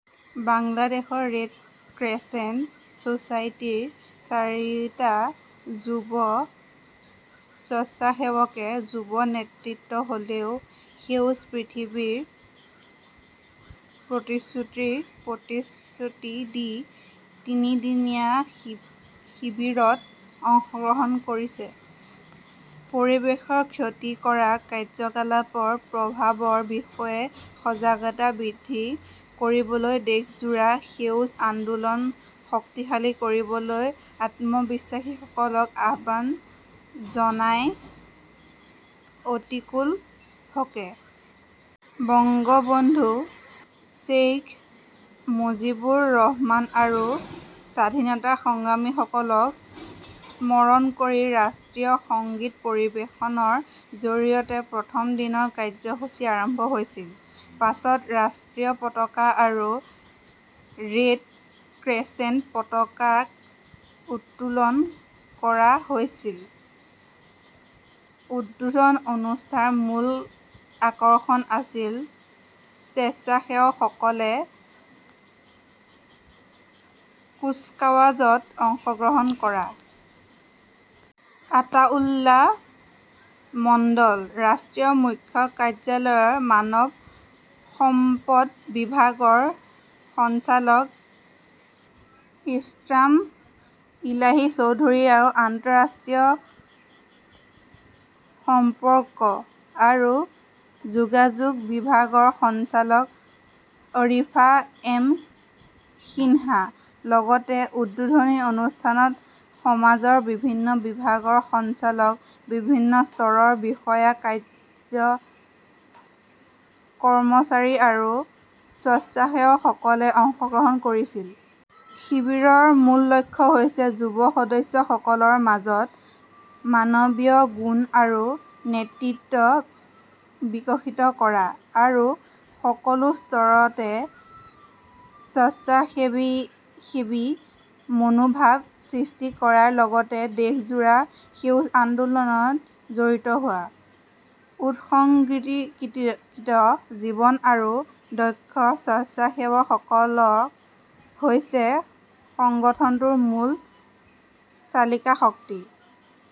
Bangladesh red crescent ছ'চাইটিৰ চাৰিটা যুৱ স্বেচ্ছাসেৱকে "যুৱ নেতৃত্ব হ'লেও সেউজ পৃথিৱীৰ প্ৰতিশ্ৰুতি"ৰ প্ৰতিশ্ৰুতি দি তিনিদিনীয়া শিবিৰত অংশগ্ৰহণ কৰিছে। পৰিৱেশৰ ক্ষতি কৰা কাৰ্যকলাপৰ প্ৰভাৱৰ বিষয়ে সজাগতা বৃদ্ধি কৰিবলৈ দেশজোৰা সেউজ আন্দোলন শক্তিশালী কৰিবলৈ আত্মবিশ্বাসীসকলক আহ্বান জনায় অতীকুল হ'কে । বংগবন্ধু শ্বেইখ মুজিবুৰ ৰহমান আৰু স্বাধীনতা সংগ্ৰামীসকলক স্মৰণ কৰি ৰাষ্ট্ৰীয় সংগীত পৰিৱেশনৰ জৰিয়তে প্ৰথম দিনৰ কাৰ্যসূচী আৰম্ভ হৈছিল। পাছত ৰাষ্ট্ৰীয় পতাকা আৰু ৰেড ক্ৰেচেণ্টৰ পতাকা উত্তোলন কৰা হৈছিল। উদ্বোধনী অনুষ্ঠানৰ মূল আকৰ্ষণ আছিল স্বেচ্ছাসেৱকসকলে কুচকাৱাজত অংশগ্ৰহণ কৰা। আতাউল্লা মণ্ডল, ৰাষ্ট্ৰীয় মুখ্য কাৰ্যালয়ৰ মানৱ সম্পদ বিভাগৰ সঞ্চালক ইক্ৰাম ইলাহি চৌধুৰী আৰু আন্তঃৰাষ্ট্ৰীয় সম্পৰ্ক আৰু যোগাযোগ বিভাগৰ সঞ্চালক আৰিফা এম সিনহা। লগতে উদ্বোধনী অনুষ্ঠানত সমাজৰ বিভিন্ন বিভাগৰ সঞ্চালক, বিভিন্ন স্তৰৰ বিষয়া-কৰ্মচাৰী আৰু স্বেচ্ছাসেৱকসকলে অংশগ্ৰহণ কৰিছিল। শিবিৰৰ মূল লক্ষ্য হৈছে যুৱ সদস্যসকলৰ মাজত মানৱীয় গুণ আৰু নেতৃত্ব বিকশিত কৰা আৰু সকলো স্তৰতে স্বেচ্ছাসেৱী মনোভাৱ সৃষ্টি কৰাৰ লগতে দেশজোৰা সেউজ আন্দোলনত জড়িত হোৱা। উৎসৰ্গীকৃত জীৱন আৰু দক্ষ স্বেচ্ছাসেৱকসকল হৈছে সংগঠনটোৰ মূল চালিকা শক্তি।